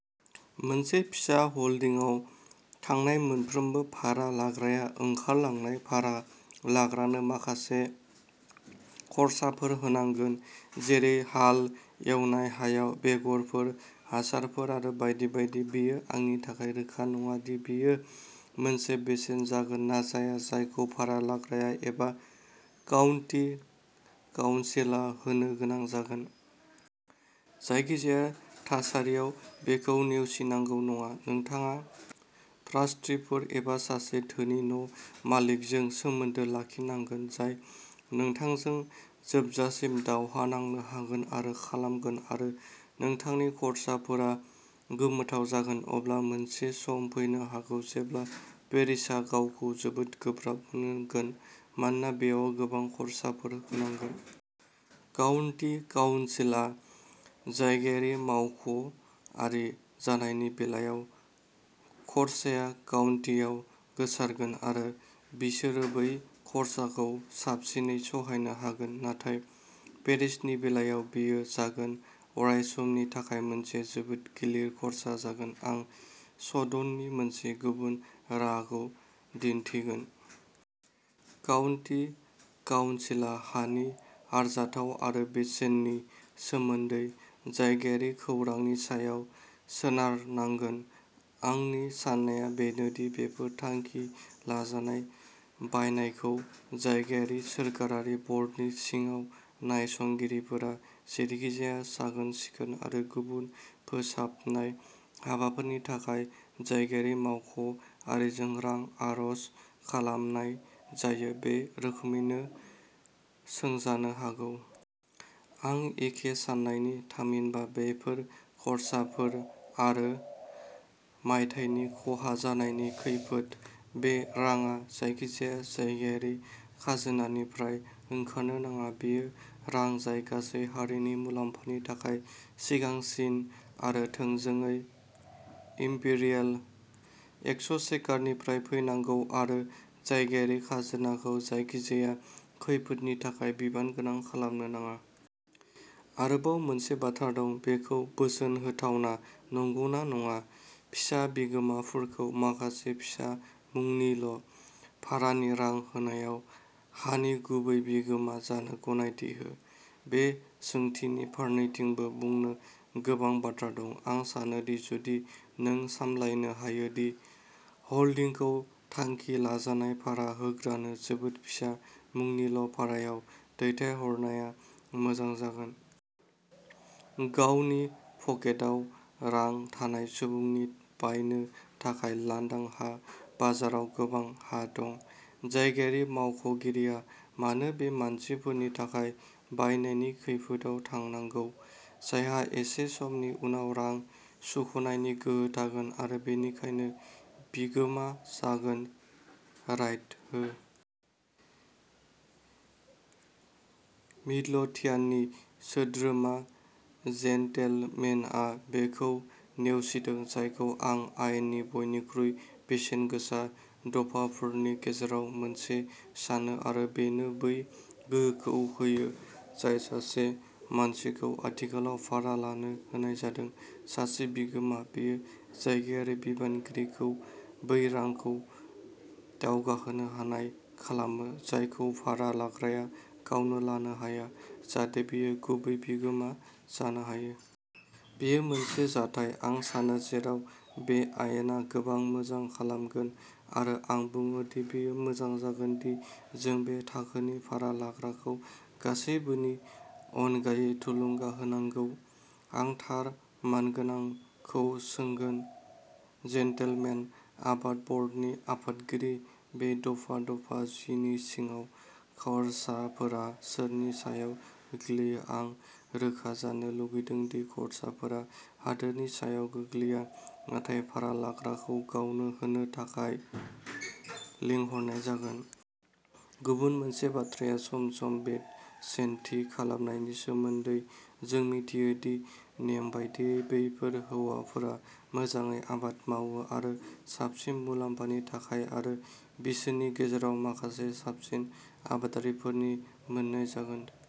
मोनसे फिसा ह'ल्डिंआव थांनाय मोनफ्रोमबो भारा लाग्राया ओंखारलांनाय भारा लाग्रानो माखासे खर्साफोर होनांगोन, जेरै हाल एवनाय, हायाव बेगरफोर, हासारफोर आरो बायदि बायदि। बेयो आंनि थाखाय रोखा नङा दि बेयो मोनसे बेसेन जागोन ना जाया जायखौ भारा लाग्राया एबा काउन्टि काउन्सिलआ होनो गोनां जागोन। जायखिजाया थासारियाव बेखौ नेवसिनांगौ नङा। नोंथाङा ट्रास्टिफोर एबा सासे धोनि न' मालिकजों सोमोन्दो लाखिनांगोन, जाय नोंथांजों जोबजासिम दावहा नांनो हागोन आरो खालामगोन आरो नोंथांनि खर्साफोरा गोमोथाव जागोन। अब्ला मोनसे सम फैनो हागौ जेब्ला पेरिसआ गावखौ जोबोद गोब्राब मोनगोन, मानोना बेयाव गोबां खर्साफोर होनांगोन। काउन्टि काउन्सिलआ जायगायारि मावख'आरि जानायनि बेलायाव खरसाया काउन्टिआव गोसारगोन आरो बिसोरो बै खरसाखौ साबसिनै सहायनो हागोन नाथाय पेरिसनि बेलायाव बेयो जागोन। अरायसमनि थाखाय मोनसे जोबोद गिलिर खर्सा जागोन। आं सदननि मोनसे गुबुन राहाखौ दिन्थिगोन। काउन्टि काउनसिला हानि आरजाथाव आरो बेसेननि सोमोन्दै जायगायारि खौरांनि सायाव सोनारनांगोन। आंनि साननाया बेनो दि बेफोर थांखि लाजानाय बायनायखौ जायगायारि सोरखारि बर्डनि सिङाव नायसंगिरिफोरा जेरैखिजाया साखोन-सिखोन आरो गुबुन फोसाबनाय हाबाफोरनि थाखाय जायगायारि मावख'आरिजों रां आर'ज खालामनाय जायो, बे रोखोमैनो सोंजानो हागौ। आं एखे साननायनि थामहिनबा, बेफोर खर्साफोर आरो मायथाइनि खहा जानायनि खैफोद बे राङा जायखिजाया जायगायारि खाजोनानिफ्राय ओंखारनो नाङा। बेयो रां जाय गासै हारिनि मुलाम्फानि थाखाय सिगांसिन आरो थोंजोङै इम्पेरियेल एक्सचेकारनिफ्राय फैनांगौ आरो जायगायारि खाजोनाखौ जायखिजाया खैफोदनि थाखाय बिबानगोनां खालामनो नाङा। आरोबाव मोनसे बाथ्रा दं, बेखौ बोसोन होथावना नंगौना नङा। फिसा बिगोमाफोरखौ माखासे फिसा मुंनिल' भारानि रां होनायाव हानि गुबै बिगोमा जानो गनायथि हो। बे सोंथिनि फारनैथिंबो बुंनो गोबां बाथ्रा दं। आं सानो दि जुदि नों सामलायनो हायो दि होल्डिंखौ थांखि लाजानाय भारा होग्रानो जोबोद फिसा मुंनिल' भारायाव दैथायहरनाया मोजां जागोन। गावनि पकेटाव रां थानाय सुबुंनि बायनो थाखाय लांदां हा बाजाराव गोबां हा दं। जायगायारि मावख'गिरिआ मानो बे मानसिफोरनि थाखाय बायनायनि खैफोदआव थांनांगौ, जायहा एसे समनि उनाव रां सुख'नायनि गोहो थागोन आरो बेनिखायनो बिगोमा जागोन राइट होन। मिडलोथियाननि सोद्रोमा जेनटेलमेनआ बेखौ नेवसिदों जायखौ आं आयेननि बयनिख्रुइ बेसेनगोसा दफाफोरनि गेजेराव मोनसे सानो आरो बेनो बै गोहोखौ होयो जाय सासे मानसिखौ आथिखालाव भारा लानो होनाय जादों। सासे बिगोमा। बेयो जायगायारि बिबानगिरिखौ बै रांखौ दावगाहोनो हानाय खालामो, जायखौ भारा लाग्राया गावनो लानो हाया, जाहाथे बियो गुबै बिगोमा जानो हायो। बेयो मोनसे जाथाय, आं सानो, जेराव बे आयेना गोबां मोजां खालामगोन आरो आं बुङो दि बेयो मोजां जागोन दि जों बे थाखोनि भारा लाग्राखौ गासैबोनि अनगायै थुलुंगा होनांगौ। आं थार मानगोनांखौ सोंगोन। जेन्टलमेन, आबाद बर्डनि आफादगिरि, बे दफा-दफा जि नि सिङाव खर्साफोरा सोरनि सायाव गोग्लैयो आं रोखा जानो लुबैदों दि खर्साफोरा हादोरनि सायाव गोग्लैया, नाथाय भारा लाग्राखौ गावनो होनो थाखाय लिंहरनाय जागोन। गुबुन मोनसे बाथ्राया सम-सम बेसेन थि खालामनायनि सोमोनदै। जों मिथियो दि नेम बायदियै बेफोर हौवाफोरा मोजाङै आबाद मावो आरो साबसिन मुलाम्फानि थाखाय आरो बिसोरनि गेजेराव माखासे साबसिन आबादारिफोरनि मोन्नाय जागोन।